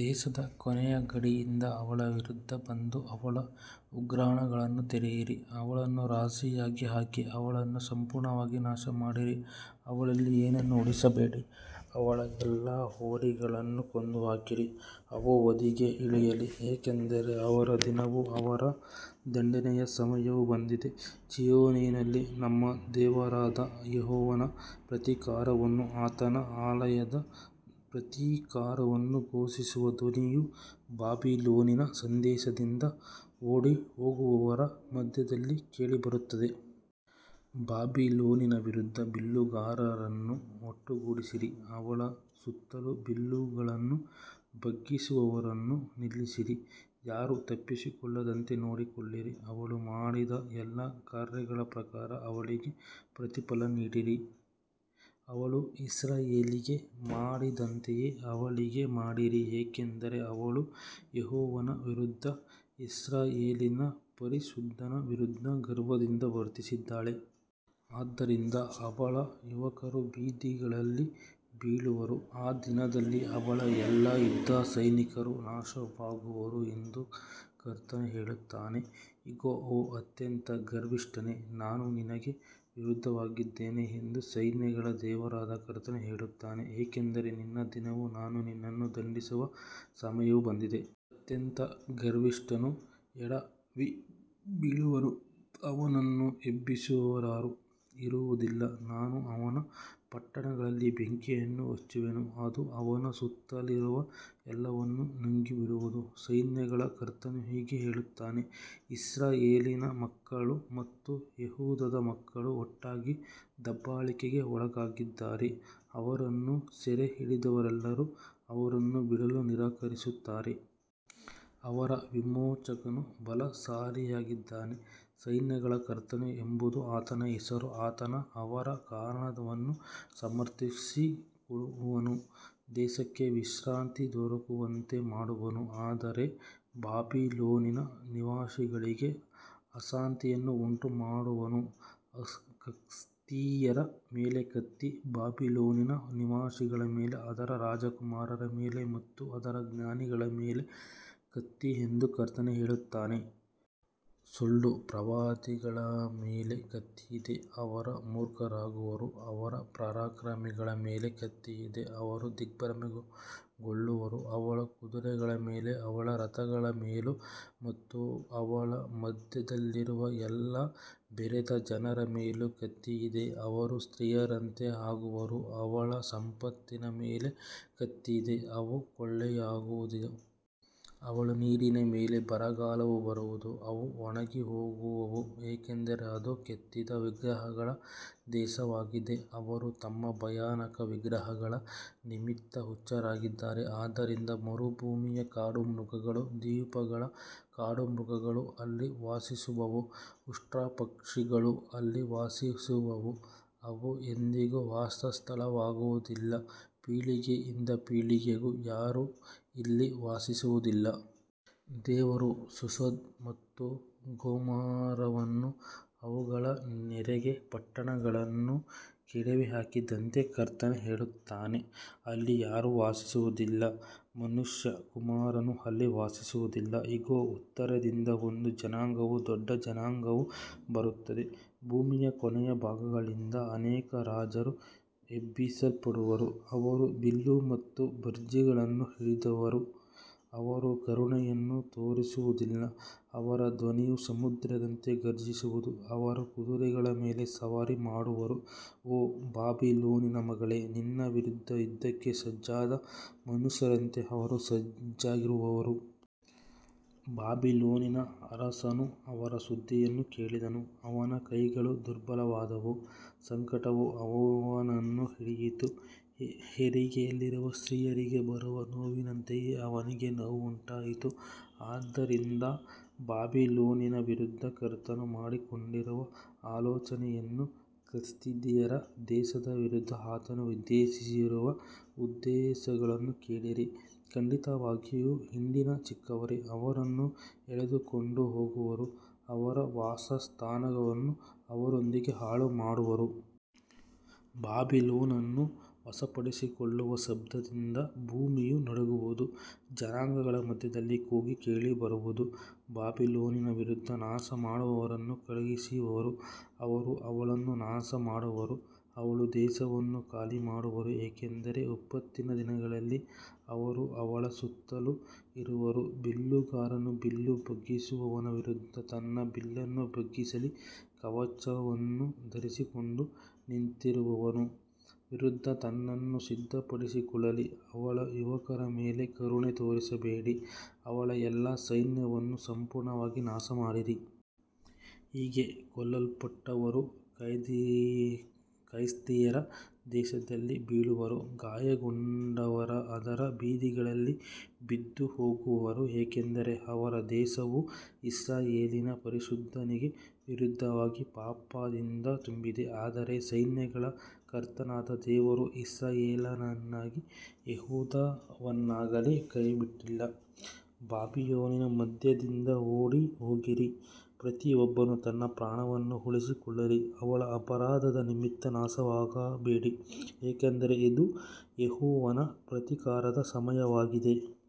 ದೇಶದ ಕೊನೆಯ ಗಡಿಯಿಂದ ಅವಳ ವಿರುದ್ಧ ಬಂದು ಅವಳ ಉಗ್ರಾಣಗಳನ್ನು ತೆರೆಯಿರಿ, ಅವಳನ್ನು ರಾಶಿಯಾಗಿ ಹಾಕಿ, ಅವಳನ್ನು ಸಂಪೂರ್ಣವಾಗಿ ನಾಶಮಾಡಿರಿ, ಅವಳಲ್ಲಿ ಏನನ್ನೂ ಉಳಿಸಬೇಡಿ. ಅವಳ ಎಲ್ಲಾ ಹೋರಿಗಳನ್ನು ಕೊಂದುಹಾಕಿರಿ, ಅವು ವಧೆಗೆ ಇಳಿಯಲಿ, ಏಕೆಂದರೆ ಅವರ ದಿನವೂ ಅವರ ದಂಡನೆಯ ಸಮಯವೂ ಬಂದಿದೆ. ಚೀಯೋನಿನಲ್ಲಿ ನಮ್ಮ ದೇವರಾದ ಯೆಹೋವನ ಪ್ರತೀಕಾರವನ್ನೂ ಆತನ ಆಲಯದ ಪ್ರತೀಕಾರವನ್ನೂ ಘೋಷಿಸುವ ಧ್ವನಿಯು ಬಾಬಿಲೋನಿನ ದೇಶದಿಂದ ಓಡಿಹೋಗುವವರ ಮಧ್ಯದಲ್ಲಿ ಕೇಳಿಬರುತ್ತದೆ. ಬಾಬಿಲೋನಿನ ವಿರುದ್ಧ ಬಿಲ್ಲುಗಾರರನ್ನು ಒಟ್ಟುಗೂಡಿಸಿರಿ, ಅವಳ ಸುತ್ತಲೂ ಬಿಲ್ಲುಗಳನ್ನು ಬಗ್ಗಿಸುವವರನ್ನು ನಿಲ್ಲಿಸಿರಿ, ಯಾರೂ ತಪ್ಪಿಸಿಕೊಳ್ಳದಂತೆ ನೋಡಿಕೊಳ್ಳಿರಿ, ಅವಳು ಮಾಡಿದ ಎಲ್ಲಾ ಕಾರ್ಯಗಳ ಪ್ರಕಾರ ಅವಳಿಗೆ ಪ್ರತಿಫಲ ನೀಡಿರಿ, ಅವಳು ಇಸ್ರಾಯೇಲಿಗೆ ಮಾಡಿದಂತೆಯೇ ಅವಳಿಗೆ ಮಾಡಿರಿ, ಏಕೆಂದರೆ ಅವಳು ಯೆಹೋವನ ವಿರುದ್ಧ, ಇಸ್ರಾಯೇಲಿನ ಪರಿಶುದ್ಧನ ವಿರುದ್ಧ ಗರ್ವದಿಂದ ವರ್ತಿಸಿದ್ದಾಳೆ. ಆದ್ದರಿಂದ ಅವಳ ಯುವಕರು ಬೀದಿಗಳಲ್ಲಿ ಬೀಳುವರು, ಆ ದಿನದಲ್ಲಿ ಅವಳ ಎಲ್ಲಾ ಯುದ್ಧಸೈನಿಕರು ನಾಶವಾಗುವರು ಎಂದು ಕರ್ತನು ಹೇಳುತ್ತಾನೆ. ಇಗೋ, ಓ ಅತ್ಯಂತ ಗರ್ವಿಷ್ಠನೇ, ನಾನು ನಿನಗೆ ವಿರುದ್ಧವಾಗಿದ್ದೇನೆ ಎಂದು ಸೈನ್ಯಗಳ ದೇವರಾದ ಕರ್ತನು ಹೇಳುತ್ತಾನೆ, ಏಕೆಂದರೆ ನಿನ್ನ ದಿನವೂ ನಾನು ನಿನ್ನನ್ನು ದಂಡಿಸುವ ಸಮಯವೂ ಬಂದಿದೆ. ಅತ್ಯಂತ ಗರ್ವಿಷ್ಠನು ಎಡವಿಬೀಳುವನು, ಅವನನ್ನು ಎಬ್ಬಿಸುವವರಾರು ಇರುವುದಿಲ್ಲ, ನಾನು ಅವನ ಪಟ್ಟಣಗಳಲ್ಲಿ ಬೆಂಕಿಯನ್ನು ಹಚ್ಚುವೆನು, ಅದು ಅವನ ಸುತ್ತಲಿರುವ ಎಲ್ಲವನ್ನೂ ನುಂಗಿಬಿಡುವುದು. ಸೈನ್ಯಗಳ ಕರ್ತನು ಹೀಗೆ ಹೇಳುತ್ತಾನೆ, ಇಸ್ರಾಯೇಲಿನ ಮಕ್ಕಳು ಮತ್ತು ಯೆಹೂದದ ಮಕ್ಕಳು ಒಟ್ಟಾಗಿ ದಬ್ಬಾಳಿಕೆಗೆ ಒಳಗಾಗಿದ್ದಾರೆ, ಅವರನ್ನು ಸೆರೆಹಿಡಿದವರೆಲ್ಲರೂ ಅವರನ್ನು ಬಿಡಲು ನಿರಾಕರಿಸುತ್ತಾರೆ. ಅವರ ವಿಮೋಚಕನು ಬಲಶಾಲಿಯಾಗಿದ್ದಾನೆ, ಸೈನ್ಯಗಳ ಕರ್ತನು ಎಂಬುದು ಆತನ ಹೆಸರು, ಆತನು ಅವರ ಕಾರಣವನ್ನು ಸಮರ್ಥಿಸುವನು, ದೇಶಕ್ಕೆ ವಿಶ್ರಾಂತಿ ದೊರಕುವಂತೆ ಮಾಡುವನು, ಆದರೆ ಬಾಬಿಲೋನಿನ ನಿವಾಸಿಗಳಿಗೆ ಅಶಾಂತಿಯನ್ನು ಉಂಟುಮಾಡುವನು. ಕಸ್ದೀಯರ ಮೇಲೆ ಕತ್ತಿ, ಬಾಬಿಲೋನಿನ ನಿವಾಸಿಗಳ ಮೇಲೆ, ಅದರ ರಾಜಕುಮಾರರ ಮೇಲೆ ಮತ್ತು ಅದರ ಜ್ಞಾನಿಗಳ ಮೇಲೆ ಕತ್ತಿ ಎಂದು ಕರ್ತನು ಹೇಳುತ್ತಾನೆ. ಸುಳ್ಳು ಪ್ರವಾದಿಗಳ ಮೇಲೆ ಕತ್ತಿಯಿದೆ, ಅವರು ಮೂರ್ಖರಾಗುವರು. ಅವಳ ಪರಾಕ್ರಮಿಗಳ ಮೇಲೆ ಕತ್ತಿಯಿದೆ, ಅವರು ದಿಗ್ಭ್ರಮೆಗೊಳ್ಳುವರು. ಅವಳ ಕುದುರೆಗಳ ಮೇಲೂ ಅವಳ ರಥಗಳ ಮೇಲೂ ಮತ್ತು ಅವಳ ಮಧ್ಯದಲ್ಲಿರುವ ಎಲ್ಲಾ ಬೆರೆತ ಜನರ ಮೇಲೂ ಕತ್ತಿಯಿದೆ, ಅವರು ಸ್ತ್ರೀಯರಂತೆ ಆಗುವರು. ಅವಳ ಸಂಪತ್ತಿನ ಮೇಲೆ ಕತ್ತಿಯಿದೆ, ಅವು ಕೊಳ್ಳೆಯಾಗುವವು. ಅವಳ ನೀರಿನ ಮೇಲೆ ಬರಗಾಲವು ಬರುವುದು, ಅವು ಒಣಗಿಹೋಗುವವು, ಏಕೆಂದರೆ ಅದು ಕೆತ್ತಿದ ವಿಗ್ರಹಗಳ ದೇಶವಾಗಿದೆ, ಅವರು ತಮ್ಮ ಭಯಾನಕ ವಿಗ್ರಹಗಳ ನಿಮಿತ್ತ ಹುಚ್ಚರಾಗಿದ್ದಾರೆ. ಆದ್ದರಿಂದ ಮರುಭೂಮಿಯ ಕಾಡುಮೃಗಗಳೂ ದ್ವೀಪಗಳ ಕಾಡುಮೃಗಗಳೂ ಅಲ್ಲಿ ವಾಸಿಸುವವು, ಉಷ್ಟ್ರಪಕ್ಷಿಗಳೂ ಅಲ್ಲಿ ವಾಸಿಸುವವು, ಅದು ಎಂದಿಗೂ ವಾಸಸ್ಥಳವಾಗುವುದಿಲ್ಲ, ಪೀಳಿಗೆಯಿಂದ ಪೀಳಿಗೆಗೂ ಯಾರೂ ಅಲ್ಲಿ ವಾಸಿಸುವುದಿಲ್ಲ. ದೇವರು ಸೊದೋಮ್ ಮತ್ತು ಗೊಮೋರವನ್ನೂ ಅವುಗಳ ನೆರೆಯ ಪಟ್ಟಣಗಳನ್ನೂ ಕೆಡವಿಹಾಕಿದಂತೆಯೇ ಕರ್ತನು ಹೇಳುತ್ತಾನೆ, ಅಲ್ಲಿ ಯಾರೂ ವಾಸಿಸುವುದಿಲ್ಲ, ಮನುಷ್ಯಕುಮಾರನೂ ಅಲ್ಲಿ ವಾಸಿಸುವುದಿಲ್ಲ. ಇಗೋ, ಉತ್ತರದಿಂದ ಒಂದು ಜನಾಂಗವೂ ದೊಡ್ಡ ಜನಾಂಗವೂ ಬರುತ್ತವೆ, ಭೂಮಿಯ ಕೊನೆಯ ಭಾಗಗಳಿಂದ ಅನೇಕ ರಾಜರು ಎಬ್ಬಿಸಲ್ಪಡುವರು. ಅವರು ಬಿಲ್ಲು ಮತ್ತು ಭರ್ಜಿಗಳನ್ನು ಹಿಡಿದಿರುವರು, ಅವರು ಕರುಣೆಯನ್ನು ತೋರಿಸುವುದಿಲ್ಲ, ಅವರ ಧ್ವನಿಯು ಸಮುದ್ರದಂತೆ ಘರ್ಜಿಸುವುದು, ಅವರು ಕುದುರೆಗಳ ಮೇಲೆ ಸವಾರಿ ಮಾಡುವರು, ಓ ಬಾಬಿಲೋನಿನ ಮಗಳೇ, ನಿನ್ನ ವಿರುದ್ಧ ಯುದ್ಧಕ್ಕೆ ಸಜ್ಜಾದ ಮನುಷ್ಯರಂತೆ ಅವರು ಸಜ್ಜಾಗಿರುವರು. ಬಾಬಿಲೋನಿನ ಅರಸನು ಅವರ ಸುದ್ದಿಯನ್ನು ಕೇಳಿದನು, ಅವನ ಕೈಗಳು ದುರ್ಬಲವಾದವು, ಸಂಕಟವು ಅವನನ್ನು ಹಿಡಿಯಿತು, ಹೆರಿಗೆಯಲ್ಲಿರುವ ಸ್ತ್ರೀಯಿಗೆ ಬರುವ ನೋವಿನಂತೆಯೇ ಅವನಿಗೆ ನೋವು ಉಂಟಾಯಿತು. ಆದ್ದರಿಂದ ಬಾಬಿಲೋನಿನ ವಿರುದ್ಧ ಕರ್ತನು ಮಾಡಿಕೊಂಡಿರುವ ಆಲೋಚನೆಯನ್ನೂ ಕಸ್ದೀಯರ ದೇಶದ ವಿರುದ್ಧ ಆತನು ಉದ್ದೇಶಿಸಿರುವ ಉದ್ದೇಶಗಳನ್ನೂ ಕೇಳಿರಿ, ಖಂಡಿತವಾಗಿಯೂ ಹಿಂಡಿನ ಚಿಕ್ಕವರೇ ಅವರನ್ನು ಎಳೆದುಕೊಂಡು ಹೋಗುವರು, ಅವರ ವಾಸಸ್ಥಾನಗಳನ್ನು ಅವರೊಂದಿಗೆ ಹಾಳುಮಾಡುವರು. ಬಾಬಿಲೋನನ್ನು ವಶಪಡಿಸಿಕೊಳ್ಳುವ ಶಬ್ದದಿಂದ ಭೂಮಿಯು ನಡುಗುವುದು, ಜನಾಂಗಗಳ ಮಧ್ಯದಲ್ಲಿ ಕೂಗು ಕೇಳಿಬರುವುದು. ಬಾಬಿಲೋನಿನ ವಿರುದ್ಧ ನಾಶಮಾಡುವವರನ್ನು ಕಳುಹಿಸುವರು, ಅವರು ಅವಳನ್ನು ನಾಶಮಾಡುವರು, ಅವಳ ದೇಶವನ್ನು ಖಾಲಿಮಾಡುವರು, ಏಕೆಂದರೆ ವಿಪತ್ತಿನ ದಿನದಲ್ಲಿ ಅವರು ಅವಳ ಸುತ್ತಲೂ ಇರುವರು. ಬಿಲ್ಲುಗಾರನು ಬಿಲ್ಲು ಬಗ್ಗಿಸುವವನ ವಿರುದ್ಧ ತನ್ನ ಬಿಲ್ಲನ್ನು ಬಗ್ಗಿಸಲಿ, ಕವಚವನ್ನು ಧರಿಸಿಕೊಂಡು ನಿಂತಿರುವವನ ವಿರುದ್ಧ ತನ್ನನ್ನು ಸಿದ್ಧಪಡಿಸಿಕೊಳ್ಳಲಿ, ಅವಳ ಯುವಕರ ಮೇಲೆ ಕರುಣೆ ತೋರಿಸಬೇಡಿ, ಅವಳ ಎಲ್ಲಾ ಸೈನ್ಯವನ್ನು ಸಂಪೂರ್ಣವಾಗಿ ನಾಶಮಾಡಿರಿ. ಹೀಗೆ ಕೊಲ್ಲಲ್ಪಟ್ಟವರು ಕಸ್ದೀಯರ ದೇಶದಲ್ಲಿ ಬೀಳುವರು, ಗಾಯಗೊಂಡವರು ಅದರ ಬೀದಿಗಳಲ್ಲಿ ಬಿದ್ದುಹೋಗುವರು, ಏಕೆಂದರೆ ಅವರ ದೇಶವು ಇಸ್ರಾಯೇಲಿನ ಪರಿಶುದ್ಧನಿಗೆ ವಿರುದ್ಧವಾಗಿ ಪಾಪದಿಂದ ತುಂಬಿದೆ. ಆದರೆ ಸೈನ್ಯಗಳ ಕರ್ತನಾದ ದೇವರು ಇಸ್ರಾಯೇಲನ್ನಾಗಲಿ ಯೆಹೂದವನ್ನಾಗಲಿ ಕೈಬಿಟ್ಟಿಲ್ಲ. ಬಾಬಿಲೋನಿನ ಮಧ್ಯದಿಂದ ಓಡಿಹೋಗಿರಿ, ಪ್ರತಿಯೊಬ್ಬನು ತನ್ನ ಪ್ರಾಣವನ್ನು ಉಳಿಸಿಕೊಳ್ಳಲಿ, ಅವಳ ಅಪರಾಧದ ನಿಮಿತ್ತ ನಾಶವಾಗಬೇಡಿ, ಏಕೆಂದರೆ ಇದು ಯೆಹೋವನ ಪ್ರತೀಕಾರದ ಸಮಯವಾಗಿದೆ.